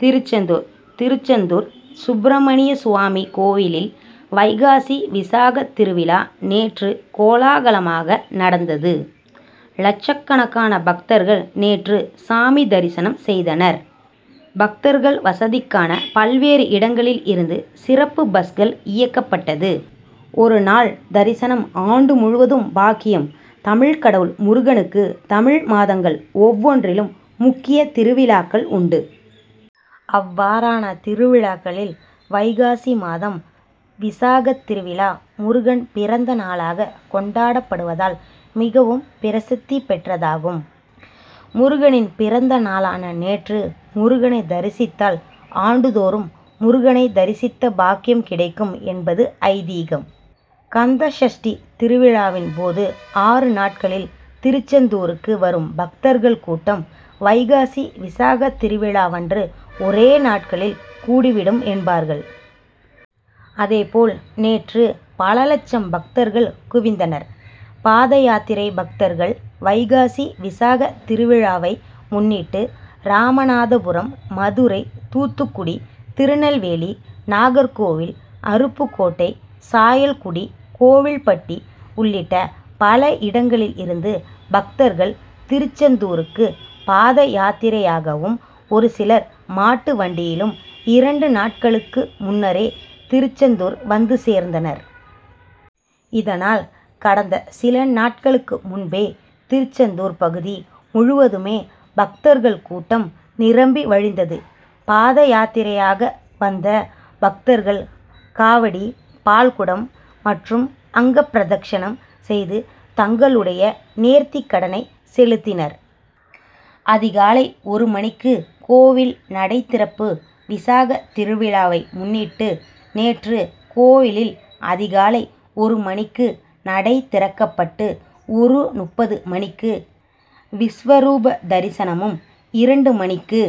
திருச்செந்தூர் திருச்செந்தூர் சுப்பிரமணியசுவாமி கோயிலில் வைகாசி விசாகத் திருவிழா நேற்று கோலாகலமாக நடந்தது. லட்சக்கணக்கான பக்தர்கள் நேற்று சாமி தரிசனம் செய்த னர். பக்தர்கள் வசதிக்கான பல்வேறு இடங்களில் இருந்து சிறப்பு பஸ்கள் இயக்கப்பட்டது. ஒரு நாள் தரிசனம் ஆண்டு முழுவதும் பாக்கியம் தமிழ்க்கடவுள் முருகனுக்கு தமிழ் மாதங்கள் ஒவ்வொன்றிலும் முக்கிய திருவிழாக்கள் உண்டு. அவ்வாறான திருவிழாக்களில் வைகாசி மாதம் விசாகத்திருவிழா முருகன் பிறந்தநாளாக கொண்டாடப்படுவதால் மிகவும் பிரசித்தி பெற்றதாகும். முருகனின் பிறந்த நாளான நேற்று முருகனை தரிசித் தால் ஆண்டுதோறும் முரு கனை தரிசித்த பாக்கியம் கிடைக்கும் என்பது ஐதீகம். கந்த சஷ்டி திருவிழாவின் போது ஆறு நாட்களில் திருச்செந்தூருக்கு வரும் பக்தர்கள் கூட்டம் வைகாசி விசாகத்திருவிழாவன்று ஒரே நாட்களில் கூடிவிடும் என்பார்கள். அதே போல் நேற்று பல லட்சம் பக்தர்கள் குவிந்தனர். பாதயாத்திரை பக்தர்கள் வைகாசி விசாக திருவிழாவை முன்னிட்டு ராமநாதபுரம், மதுரை, தூத்துக்குடி, திருநெல்வேலி, நாகர்கோவில், அருப்புக்கோட்டை, சாயல்குடி, கோவில்பட்டி உள்ளிட்ட பல இடங்களில் இருந்து பக்தர்கள் திருச்செந்தூருக்கு பாதயாத்திரையாகவும் ஒருசிலர் மாட்டுவண்டியிலும் இரண்டு நாட்களுக்கு முன்னரே திருச்செந்தூர் வந்து சேர்ந்தனர். இதனால் கடந்த சில நாட்களுக்கு முன்பே திருச்செந்தூர் பகுதி முழுவதுமே பக்தர்கள் கூட்டம் நிரம்பி வழிந்தது. பாத யாத்திரையாக வந்த பக்தர் கள் காவடி, பால்குடம் மற் றும் அங்கபிரதட்சணம் செய்து தங்களுடைய நேர்த் திகடனை செலுத்தினர். அதிகாலை ஒரு மணிக்கு கோயில் நடைதிறப்பு விசாக திருவிழாவை முன்னிட்டு நேற்று கோயிலில் அதிகாலை ஒரு மணிக்கு நடை திறக்கப்பட்டு ஒரு முப்பது மணிக்கு விஸ்வரூபதரிசனமும், இரண்டு மணிக்கு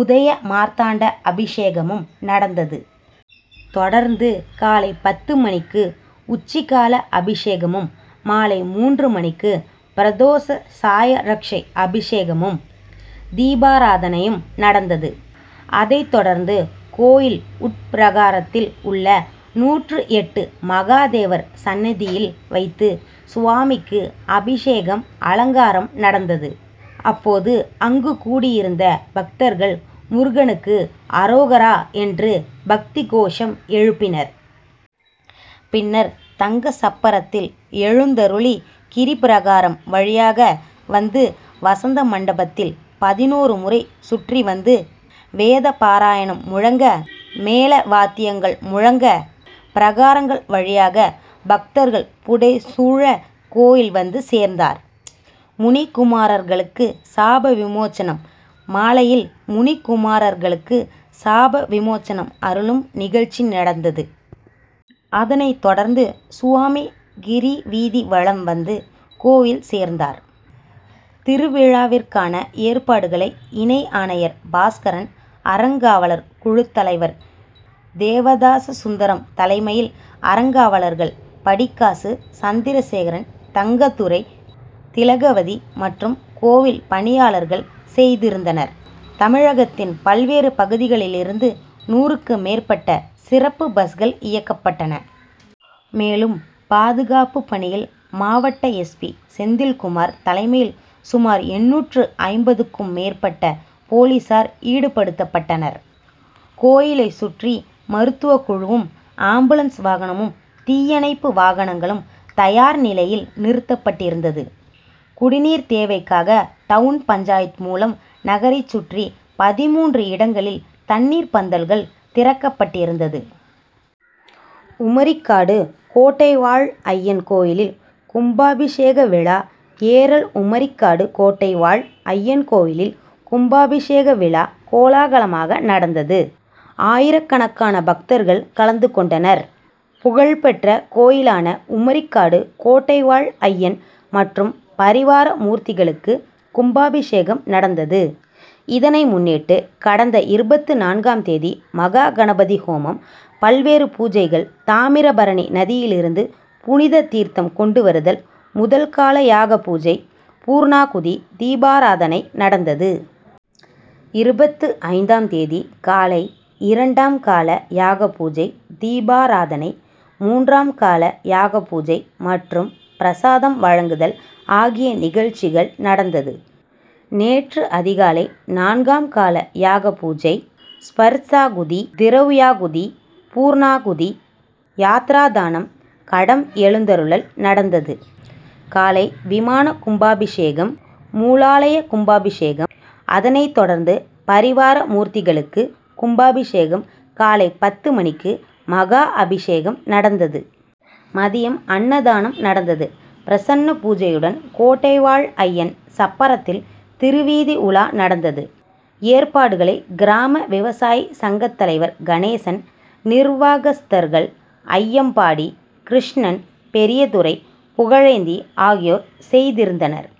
உதய மார்த்தாண்ட அபிஷேகமும் நடந்தது. தொடர்ந்து காலை பத்து மணிக்கு உச்சிகால அபிஷேகமும், மாலை மூன்று மணிக்கு பிரதோச சாயரட்சை அபிஷேகமும், தீபாராதனையும் நடந்தது. அதைத் தொடர்ந்து கோயில் உள்பிரகாரத்தில் உள்ள நூற்று எட்டு மகாதேவர் சன்னதியில் வைத்து சுவாமிக்கு அபிஷேகம், அலங்காரம் நடந்தது. அப்போது அங்கு கூடி யிருந்த பக்தர்கள் முருக னுக்கு அரோகரா என்று பக்தி கோஷம் எழுப்பினர். பின்னர் தங்கசப்பரத்தில் எழுந்தருளி கிரிப்பிரகாரம் வழியாக வந்து வசந்த மண்டபத்தில் பதினொரு முறை சுற்றி வந்து வேதபாராயணம் முழங்க, மேள வாத்தியங்கள் முழங்க பிரகாரங்கள் வழியாக பக்தர்கள் புடை சூழ கோயில் வந்து சேர்ந்தார். முனிகுமாரர்களுக்கு சாபவிமோச்சனம் மாலையில் முனிக்குமாரர்களுக்கு சாப விமோச்சனம் அருளும் நிகழ்ச்சி நடந்தது. அதனைத் தொடர்ந்து சுவாமி கிரிவீதி வலம் வந்து கோயில் சேர்ந்தார். திருவிழாவிற்கான ஏற்பாடுகளை இணை ஆணையர் பாஸ்கரன், அறங்காவலர் குழுத் தலைவர் தேவதாச சுந்தரம் தலைமையில் அறங்காவலர்கள், படிக்காசு, சந்திரசேகரன், தங்கத்துரை, திலகவதி மற்றும் கோயில் பணியாளர்கள் செய்திருந்தனர். தமிழகத்தின் பல்வேறு பகுதிகளிலிருந்து நூறுக்கு மேற்பட்ட சிறப்பு பஸ்கள் இயக்கப்பட்டன. மேலும் பாதுகாப்பு பணியில் மாவட்ட எஸ்பி.,செந்தில்குமார் தலைமையில் சுமார் எண்ணூற்று ஐம்பது க்கும் மேற்பட்ட போலீசார் ஈடுபடுத்தப்பட்டனர். கோயிலைச் சுற்றி மருத்துவக்குழுவும், ஆம்புலன்ஸ் வாகனமும், தீயணைப்பு வாகனங்களும் தயார் நிலையில் நிறுத்தப்பட்டிருந்தது. குடிநீர் தேவைக்காக டவுன் பஞ்.,மூலம் நகரைச் சுற்றி பதின்மூன்று இடங்களில் தண்ணீர் பந்தல்கள் திறக்கப்பட் டிருந்தது. உமரிக்காடு கோட்டை வாழ் ஐயன் கோயிலில் கும்பாபிஷேக விழா ஏரல் உமரிக்காடு கோட்டை வாழ் ஐயன் கோயிலில் கும்பாபிஷேக விழா கோலாகலமாக நடந்தது. ஆயிரக்கணக்கான பக்தர்கள் கலந்து கொண்டனர். புகழ் பெற்ற கோயிலானா உமரிக்காடு கோட்டைவாழ் ஐயன் மற்றும் பரிவார மூர்த்திகளுக்கு கும்பாபிஷேகம் நடந்தது. இதனை முன்னிட்டு கடந்த இருபத்து நான்காம் தேதி மகா கணபதி ஹோமம், பல்வேறு பூஜைகள் தாமிரபரணி நதியிலிருந்து புனித தீர்த்தம் கொண்டு வருதல், முதல் கால யாக பூஜை, பூர்ணாகுதி, தீபாராதனை, நடந்தது. இருபத்து ஐந்தாம் தேதி காலை இரண்டாம் காலயாகபூஜை, தீபாராதனை, மூன்றாம் காலயாக பூஜை மற்றும் பிரசாதம் வழங்குதல் ஆகிய நிகழ்ச்சிகள் நடந்தது. நேற்று அதிகாலை நான்காம் கால யாகபூஜை, ஸ்பர்சாகுதி, திரவ்யாகுதி, பூர்ணாகுதி, யாத்ராதானம், கடம் எழுந்தருளல் நடந்தது. காலை விமான கும்பாபிஷேகம், மூலாலய கும்பாபிஷேகம், அதனை தொடர்ந்து பரிவார மூர்த்திகளுக்கு கும்பாபிஷேகம் காலை பத்து மணிக்கு மகா அபிஷேகம் நடந்தது. மதியம் அன்னதானம் நடந்தது. பிரசன்ன பூஜையுடன் கோட்டைவாழ் ஐயன் சப்பரத்தில் திருவீதி உலா நடந்தது. ஏற்பாடுகளை கிராம விவசாய சங்க தலைவர் கணேசன் நிர்வாகஸ்தர்கள், அய்யம்பாண்டி, கிரஷ்ணன், பெரியதுரை, புகழேந்தி ஆகியோர் செய்திருந்தனர்.